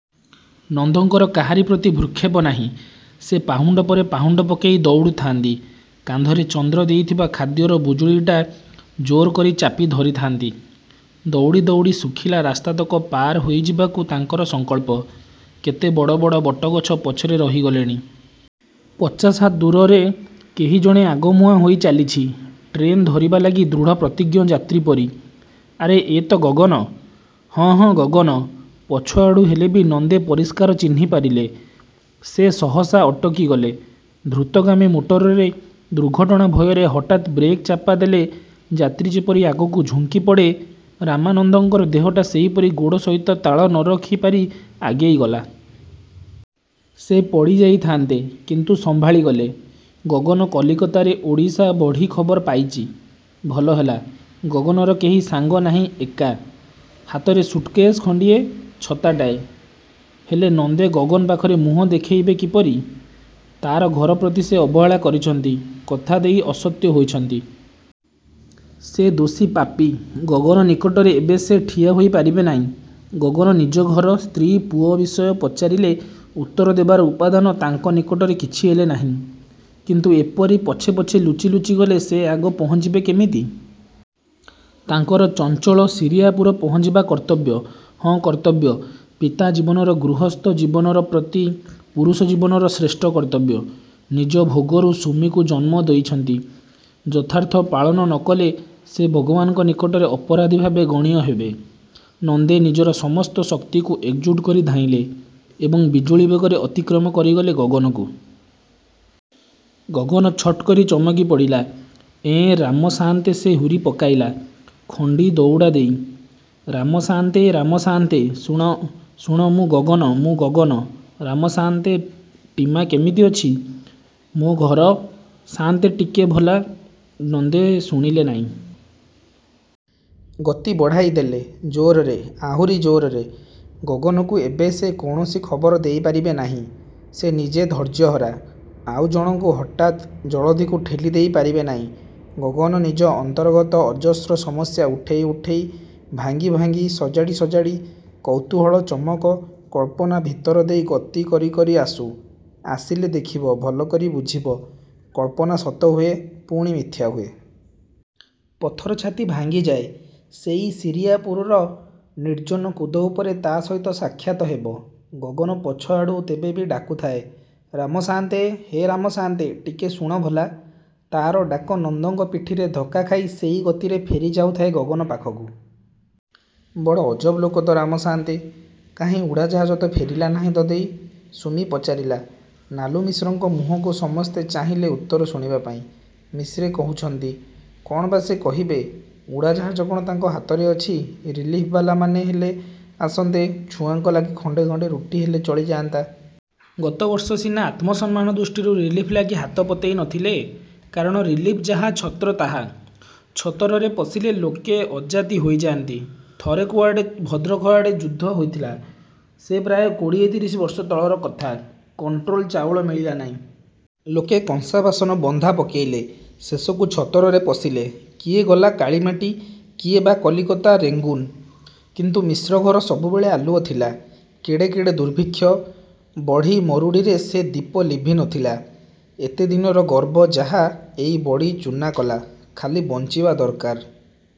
ନନ୍ଦଙ୍କର କାହାରି ପ୍ରତି ଭ୍ରୂକ୍ଷେପ ନାହିଁ। ସେ ପାହୁଣ୍ଡ ପରେ ପାହୁଣ୍ଡ ପକେଇ ଦଉଡ଼ୁଥାନ୍ତି। କାନ୍ଧରେ ଚନ୍ଦ୍ର ଦେଇଥିବା ଖାଦ୍ୟର ବୁଜୁଳିଟା ଜୋର୍ କରି ଚାପି ଧରିଥାନ୍ତି। ଦଉଡ଼ି ଦଉଡ଼ି ଶୁଖିଲା ରାସ୍ତାତକ ପାର ହୋଇ ଯିବାକୁ ତାଙ୍କର ସଂକଳ୍ପ। କେତେ ବଡ଼ ବଡ଼ ବଟଗଛ ପଛରେ ରହିଗଲେଣି। ପଚାଶ ହାତ ଦୂରରେ କେହି ଜଣେ ଆଗମୁହାଁ ହୋଇ ଚାଲିଛି। ଟ୍ରେନ୍ ଧରିବା ଲାଗି ଦୃଢ଼ପ୍ରତିଜ୍ଞ ଯାତ୍ରୀ ପରି। ଆରେ, ଏ ତ ଗଗନ। ହଁ ହଁ ଗଗନ। ପଛଆଡ଼ୁ ହେଲେ ବି ନନ୍ଦେ ପରିଷ୍କାର ଚିହ୍ନି ପାରିଲେ। ସେ ସହସା ଅଟକିଗଲେ। ଦ୍ରୁତଗାମୀ ମୋଟରରେ ଦୁର୍ଘଟଣା ଭୟରେ ହଠାତ୍ ବ୍ରେକ୍ ଚାପା ଦେଲେ ଯାତ୍ରୀ ଯେପରି ଆଗକୁ ଝୁଙ୍କି ପଡ଼େ, ରାମନନ୍ଦଙ୍କର ଦେହଟା ସେଇପରି ଗୋଡ଼ ସହିତ ତାଳ ନ ରଖି ପାରି ଆଗେଇ ଗଲା। ସେ ପଡ଼ି ଯାଇଥାନ୍ତେ–କିନ୍ତୁ ସମ୍ଭାଳି ଗଲେ। ଗଗନ କଲିକତାରେ ଓଡ଼ିଶା ବଢ଼ି ଖବର ପାଇଚି। ଭଲହେଲା। ଗଗନର କେହି ସାଙ୍ଗ ନାହିଁ, ଏକା। ହାତରେ ସୁଟକେଶ ଖଣ୍ଡିଏ–ଛତାଟାଏ। ହେଲେ, ନନ୍ଦେ ଗଗନ ପାଖରେ ମୁହଁ ଦେଖେଇବେ କିପରି? ତାର ଘରପ୍ରତି ସେ ଅବହେଳା କରିଛନ୍ତି। କଥା ଦେଇ ଅସତ୍ୟ ହୋଇଛନ୍ତି। ସେ ଦୋଷୀ ପାପୀ, ଗଗନ ନିକଟରେ ଏବେ ସେ ଠିଆ ହୋଇ ପାରିବେ ନାଇଁ। ଗଗନ ନିଜଘର ସ୍ତ୍ରୀ-ପୁଅ ବିଷୟ ପଚାରିଲେ ଉତ୍ତର ଦେବାର ଉପାଦାନ ତାଙ୍କ ନିକଟରେ କିଛି ହେଲେ ନାହିଁ। କିନ୍ତୁ ଏପରି ପଛେ ପଛେ ଲୁଚି ଲୁଚି ଗଲେ ସେ ଆଗ ପହଞ୍ଚିବେ କେମିତି? ତାଙ୍କର ଚଞ୍ଚଳ ଶିରିଆପୁର ପହଞ୍ଚିବା କର୍ତ୍ତବ୍ୟ। ହଁ–କର୍ତ୍ତବ୍ୟ; ପିତା ଜୀବନର, ଗୃହସ୍ଥ ଜୀବନର ପ୍ରତି ପୁରୁଷ ଜୀବନର ଶ୍ରେଷ୍ଠ କର୍ତ୍ତବ୍ୟ। ନିଜ ଭୋଗରୁ ସୁମିକୁ ଜନ୍ମ ଦେଇଛନ୍ତି–ଯଥାର୍ଥ ପାଳନ ନ କଲେ ସେ ଭଗବାନଙ୍କ ନିକଟରେ ଅପରାଧୀ ଭାବେ ଗଣ୍ୟ ହେବେ। ନନ୍ଦେ ନିଜର ସମସ୍ତ ଶକ୍ତିକୁ ଏକଜୁଟ୍ କରି ଧାଇଁଲେ ଏବଂ ବିଜୁଳି ବେଗରେ ଅତିକ୍ରମ କରିଗଲେ ଗଗନକୁ। ଗଗନ ଛଟ୍ କରି ଚମକି ପଡ଼ିଲା; ଏଁ ରାମ ସାଆନ୍ତେ ସେ ହୁରି ପକେଇଲା–ଖଣ୍ଡି ଦଉଡ଼ା ଦେଇ। 'ରାମ ସାଆନ୍ତେ, ରାମ ସାଆନ୍ତେ–ଶୁଣ, ଶୁଣ–ମୁଁ ଗଗନ, ମୁଁ ଗଗନ। ରାମ ସାଆନ୍ତେ, ଟିମା କେମିତି ଅଛି? ମୋ ଘର? ସାଆନ୍ତେ ଟିକେ ଭଲା। ' ନନ୍ଦେ ଶୁଣିଲେ ନାଇଁ। ଗତି ବଢ଼ାଇ ଦେଲେ–ଜୋରରେ, ଆହୁରି ଜୋରରେ। ଗଗନକୁ ଏବେ ସେ କୌଣସି ଖବର ଦେଇପାରିବେ ନାହିଁ। ସେ ନିଜେ ଧୈର୍ଯ୍ୟହରା। ଆଉ ଜଣଙ୍କୁ ହଠାତ୍ ଜଳଧିକୁ ଠେଲି ଦେଇ ପାରିବେ ନାଇଁ। ଗଗନ ନିଜ ଅନ୍ତରଗତ ଅଜସ୍ର ସମସ୍ୟା ଉଠେଇ ଉଠେଇ ଭାଙ୍ଗି ଭାଙ୍ଗି, ସଜାଡ଼ି ସଜାଡ଼ି, କୌତୂହଳ ଚମକ, କଳ୍ପନା ଭିତର ଦେଇ ଗତି କରି କରି ଆସୁ, ଆସିଲେ ଦେଖିବ, ଭଲକରି ବୁଝିବ–କଳ୍ପନା ସତହୁଏ, ପୁଣି ମିଥ୍ୟାହୁଏ। ପଥର ଛାତି ଭାଙ୍ଗିଯାଏ। ସେଇ ଶିରିଆପୁରର ନିର୍ଜ୍ଜନ କୁଦ ଉପରେ ତା ସହିତ ସାକ୍ଷାତ ହେବ। ଗଗନ ପଛଆଡ଼ୁ ତେବେ ବି ଡାକୁଥାଏ–''ରାମ ସାଆନ୍ତେ, ହେ ରାମ ସାଆନ୍ତେ, ଟିକେ ଶୁଣ ଭଲା। '' ତାର ଡାକ ନନ୍ଦଙ୍କ ପିଠିରେ ଧକ୍କା ଖାଇ ସେଇ ଗତିରେ ଫେରି ଯାଉଥାଏ ଗଗନ ପାଖକୁ। ବଡ଼ ଅଜବ ଲୋକ ତ ରାମ ସାଆନ୍ତେ! 'କାହିଁ, ଉଡ଼ାଜାହାଜ ତ ଫେରିଲା ନାହିଁ ଦଦେଇ–ସୁମି ପଚାରିଲା। ନାଲୁମିଶ୍ରଙ୍କ ମୁହଁକୁ ସମସ୍ତେ ଚାହିଁଲେ ଉତ୍ତର ଶୁଣିବା ପାଇଁ। ମିଶ୍ରେ କହୁଛନ୍ତି। କଣ ବା ସେ କହିବେ? ଉଡ଼ାଜାହାଜ କଣ ତାଙ୍କ ହାତରେ ଅଛି। ରିଲିଫବାଲାମାନେ ହେଲେ ଆସନ୍ତେ ଛୁଆଙ୍କ ଲାଗି ଖଣ୍ଡେ ଖଣ୍ଡେ ରୁଟିହେଲେ ଚଳିଯାନ୍ତା। ଗତବର୍ଷ ସିନା ଆତ୍ମସମ୍ମାନ ଦୃଷ୍ଟିରୁ ରିଲିଫ ଲାଗି ହାତ ପତେଇ ନଥିଲେ। କାରଣ ରିଲିଫ ଯାହା ଛତ୍ର ତାହା। ଛତରରେ ପଶିଲେ ଲୋକେ ଅଜାତି ହୋଇଯାନ୍ତି। ଥରେ କୁଆଡ଼େ ଭଦ୍ରଖଆଡ଼େ ଯୁଦ୍ଧ ହୋଇଥିଲା। ସେ ପ୍ରାୟ କୋଡ଼ିଏ ତିରିଶ ବର୍ଷ ତଳର କଥା। କଂଟ୍ରୋଲ ଚାଉଳ ମିଳିଲା ନାଇଁ। ଲୋକେ କଂସା, ବାସନ ବନ୍ଧା ପକେଇଲେ। ଶେଷକୁ ଛତରରେ ପଶିଲେ। କିଏ ଗଲା କାଳିମାଟି, କିଏ ବା କଲିକତା, ରେଙ୍ଗୁନ। କିନ୍ତୁ ମିଶ୍ରଘର ସବୁବେଳେ ଆଲୁଅ ଥିଲା। କେଡ଼େ କେଡ଼େ ଦୁର୍ଭିକ୍ଷ, ବଢ଼ି–ମରୁଡ଼ିରେ ସେ ଦୀପ ଲିଭି ନଥିଲା। ଏତେଦିନର ଗର୍ବ ଯାହା ଏଇ ବଢ଼ି ଚୂନା କଲା। ଖାଲି ବଞ୍ଚିବା ଦର୍କାର।